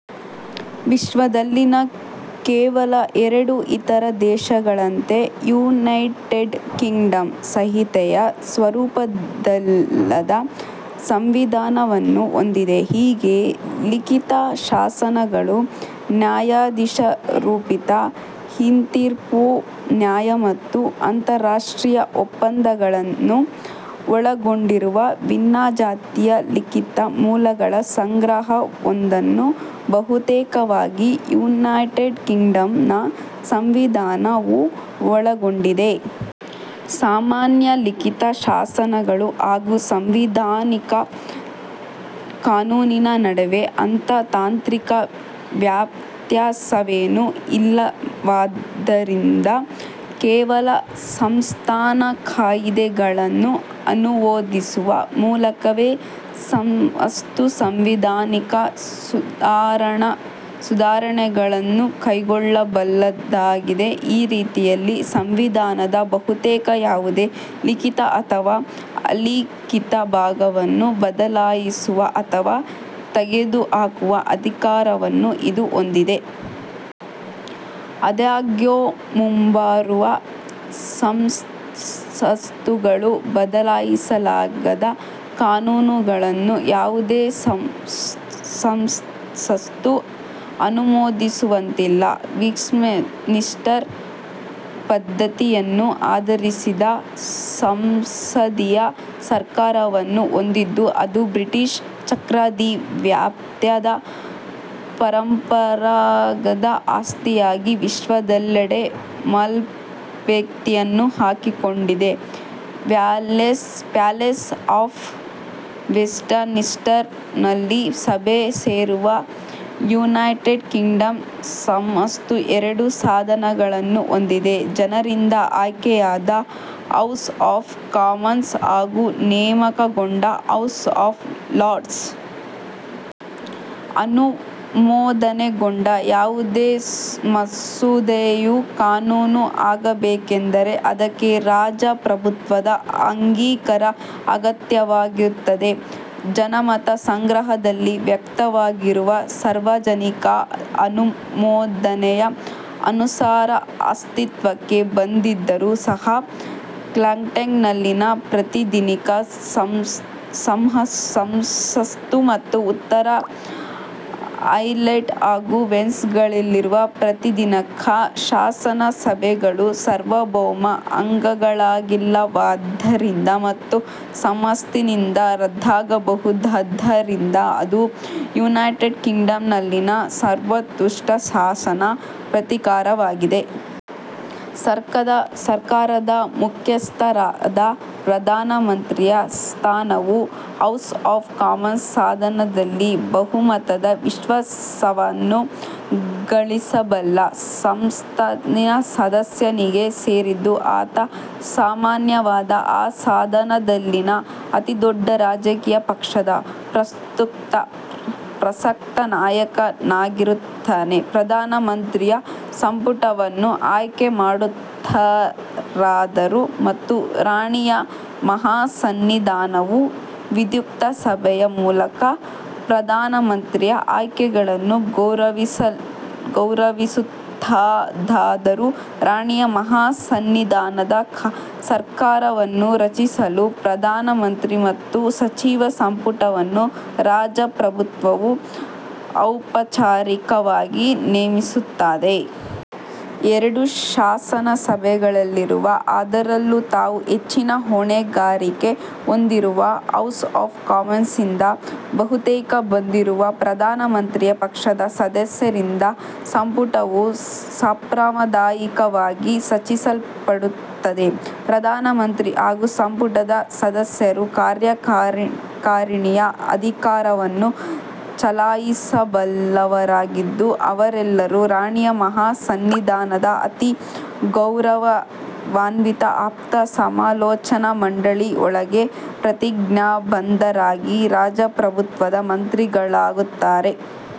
ವಿಶ್ವದಲ್ಲಿನ ಕೇವಲ ಎರಡು ಇತರ ದೇಶಗಳಂತೆ ಯುನೈಟೆಡ್ ಕಿಂಗ್ಡಂ ಸಂಹಿತೆಯ ಸ್ವರೂಪದ್ದಲ್ಲದ ಸಂವಿಧಾನ ವನ್ನು ಹೊಂದಿದೆ. ಹೀಗೆ, ಲಿಖಿತ ಶಾಸನ ಗಳು, ನ್ಯಾಯಾಧೀಶ ರೂಪಿತ ಹಿಂತೀರ್ಪು ನ್ಯಾಯ ಮತ್ತು ಅಂತರರಾಷ್ಟ್ರೀಯ ಒಪ್ಪಂದಗಳನ್ನು ಒಳಗೊಂಡಿರುವ ಭಿನ್ನಜಾತಿಯ ಲಿಖಿತ ಮೂಲಗಳ ಸಂಗ್ರಹವೊಂದನ್ನು ಬಹುತೇಕವಾಗಿ ಯುನೈಟೆಡ್ ಕಿಂಗ್ಡಂನ ಸಂವಿಧಾನ ವು ಒಳಗೊಂಡಿದೆ. ಸಾಮಾನ್ಯ ಲಿಖಿತ ಶಾಸನಗಳು ಹಾಗೂ "ಸಾಂವಿಧಾನಿಕ ಕಾನೂನಿನ" ನಡುವೆ ಅಂಥಾ ತಾಂತ್ರಿಕ ವ್ಯತ್ಯಾಸವೇನೂ ಇಲ್ಲವಾದ್ದರಿಂದ, ಕೇವಲ ಸಂಸತ್ತಿನ ಕಾಯಿದೆ ಗಳನ್ನು ಅನುಮೋದಿಸುವ ಮೂಲಕವೇ ಸಂಸತ್ತು ಸಾಂವಿಧಾನಿಕ ಸುಧಾರಣೆಗಳನ್ನು ಕೈಗೊಳ್ಳಬಲ್ಲುದಾಗಿದೆ. ಈ ರೀತಿಯಲ್ಲಿ, ಸಂವಿಧಾನದ ಬಹುತೇಕ ಯಾವುದೇ ಲಿಖಿತ ಅಥವಾ ಅಲಿಖಿತ ಭಾಗವನ್ನು ಬದಲಾಯಿಸುವ ಅಥವಾ ತೆಗೆದುಹಾಕುವ ಅಧಿಕಾರ ವನ್ನು ಇದು ಹೊಂದಿದೆ. ಆದಾಗ್ಯೂ, ಮುಂಬರುವ ಸಂಸತ್ತುಗಳು ಬದಲಿಸಲಾಗದ ಕಾನೂನುಗಳನ್ನು ಯಾವುದೇ ಸಂಸತ್ತು ಅನುಮೋದಿಸುವಂತಿಲ್ಲ. ವೆಸ್ಟ್ಮಿನಿಸ್ಟರ್ ಪದ್ಧತಿ ಯನ್ನು ಆಧರಿಸಿದ ಸಂಸದೀಯ ಸರ್ಕಾರ ವನ್ನು ಹೊಂದಿದ್ದು ಅದು ಬ್ರಿಟಿಷ್ ಚಕ್ರಾಧಿಪತ್ಯ ದ ಪರಂಪರಾಗತ ಆಸ್ತಿಯಾಗಿ ವಿಶ್ವದೆಲ್ಲೆಡೆ ಮೇಲ್ಪಂಕ್ತಿಯನ್ನು ಹಾಕಿಕೊಟ್ಟಿದೆ. ಪ್ಯಾಲೇಸ್ ಆಫ್ ವೆಸ್ಟ್ಮಿನಿಸ್ಟರ್ ನಲ್ಲಿ ಸಭೆ ಸೇರುವ ಯುನೈಟೆಡ್ ಕಿಂಗ್ಡಂನ ಸಂಸತ್ತು ಎರಡು ಸದನಗಳನ್ನು ಹೊಂದಿದೆ: ಜನರಿಂದ ಆಯ್ಕೆಯಾದ ಹೌಸ್ ಆಫ್ ಕಾಮನ್ಸ್ ಹಾಗೂ ನೇಮಕಗೊಂಡ ಹೌಸ್ ಆಫ್ ಲಾರ್ಡ್ಸ್. ಅನುಮೋದನೆಗೊಂಡ ಯಾವುದೇ ಮಸೂದೆಯು ಕಾನೂನು ಆಗಬೇಕೆಂದರೆ ಅದಕ್ಕೆ ರಾಜ ಪ್ರಭುತ್ವದ ಅಂಗೀಕಾರ ಅಗತ್ಯವಾಗಿರುತ್ತದೆ. ಜನಮತ ಸಂಗ್ರಹ ದಲ್ಲಿ ವ್ಯಕ್ತವಾಗಿರುವ ಸಾರ್ವಜನಿಕ ಅನುಮೋದನೆಯ ಅನುಸಾರ ಅಸ್ತಿತ್ವಕ್ಕೆ ಬಂದಿದ್ದರೂ ಸಹ, ಸ್ಕಾಟ್ಲೆಂಡ್ ನಲ್ಲಿನ ಪ್ರಾತಿನಿಧಿಕ ಸಂಸತ್ತು ಮತ್ತು ಉತ್ತರ ಐರ್ಲೆಂಡ್ ಹಾಗೂ ವೇಲ್ಸ್ ಗಳಲ್ಲಿರುವ ಪ್ರಾತಿನಿಧಿಕ ಶಾಸನ ಸಭೆಗಳು ಸಾರ್ವಭೌಮ ಅಂಗಗಳಾಗಿಲ್ಲವಾದ್ದರಿಂದ ಮತ್ತು ಸಂಸತ್ತಿನಿಂದ ರದ್ದಾಗಬಹುದಾದ್ದರಿಂದ ಇದು ಯುನೈಟೆಡ್ ಕಿಂಗ್ಡಂನಲ್ಲಿನ ಸರ್ವೋತ್ಕೃಷ್ಟ ಶಾಸನ ಪ್ರಾಧಿಕಾರವಾಗಿದೆ. ಸರ್ಕಾರದ ಮುಖ್ಯಸ್ಥ ರಾದ ಪ್ರಧಾನ ಮಂತ್ರಿ ಯ ಸ್ಥಾನವು ಹೌಸ್ ಆಫ್ ಕಾಮನ್ಸ್ ಸದನದಲ್ಲಿ ಬಹುಮತದ ವಿಶ್ವಾಸವನ್ನು ಗಳಿಸಬಲ್ಲ ಸಂಸತ್ತಿನ ಸದಸ್ಯನಿಗೆ ಸೇರಿದ್ದು, ಆತ ಸಾಮಾನ್ಯವಾಗಿ ಆ ಸದನದಲ್ಲಿನ ಅತಿದೊಡ್ಡ ರಾಜಕೀಯ ಪಕ್ಷದ ಪ್ರಸಕ್ತ ನಾಯಕನಾಗಿರುತ್ತಾನೆ. ಪ್ರಧಾನ ಮಂತ್ರಿಯು ಸಂಪುಟವನ್ನು ಆಯ್ಕೆ ಮಾಡುತ್ತಾರಾದರೂ, ಮತ್ತು ರಾಣಿಯ ಮಹಾಸನ್ನಿಧಾನವು ವಿಧ್ಯುಕ್ತ ಸಭೆಯ ಮೂಲಕ ಪ್ರಧಾನ ಮಂತ್ರಿಯ ಆಯ್ಕೆಗಳನ್ನು ಗೌರವಿಸುತ್ತಾದಾದರೂ ರಾಣಿಯ ಮಹಾ ಸನ್ನಿಧಾನದ ಸರ್ಕಾರ ವನ್ನು ರಚಿಸಲು ಪ್ರಧಾನ ಮಂತ್ರಿ ಮತ್ತು ಸಚಿವ ಸಂಪುಟವನ್ನು ರಾಜ ಪ್ರಭುತ್ವವು ಔಪಚಾರಿಕವಾಗಿ ನೇಮಿಸುತ್ತದೆ. ಎರಡೂ ಶಾಸನ ಸಭೆಗಳಲ್ಲಿರುವ, ಅದರಲ್ಲೂ ತಾವು ಹೆಚ್ಚಿನ ಹೊಣೆಗಾರಿಕೆ ಹೊಂದಿರುವ ಹೌಸ್ ಆಫ್ ಕಾಮನ್ಸ್ನಿಂದ ಬಹುತೇಕ ಬಂದಿರುವ ಪ್ರಧಾನ ಮಂತ್ರಿಯ ಪಕ್ಷದ ಸದಸ್ಯರಿಂದ ಸಂಪುಟ ವು ಸಾಂಪ್ರದಾಯಿಕವಾಗಿ ರಚಿಸಲ್ಪಡುತ್ತದೆ. ಪ್ರಧಾನ ಮಂತ್ರಿ ಹಾಗೂ ಸಂಪುಟದ ಸದಸ್ಯರು ಕಾರ್ಯಕಾರಿಣಿಯ ಅಧಿಕಾರವನ್ನು ಚಲಾಯಿಸಬಲ್ಲವರಾಗಿದ್ದು, ಅವರೆಲ್ಲರೂ ರಾಣಿಯ ಮಹಾ ಸನ್ನಿಧಾನದ ಅತಿ ಗೌರವಾನ್ವಿತ ಆಪ್ತ ಸಮಾಲೋಚನಾ ಮಂಡಳಿ ಯೊಳಗೆ ಪ್ರತಿಜ್ಞಾಬದ್ಧರಾಗಿ, ರಾಜ ಪ್ರಭುತ್ವದ ಮಂತ್ರಿ ಗಳಾಗುತ್ತಾರೆ.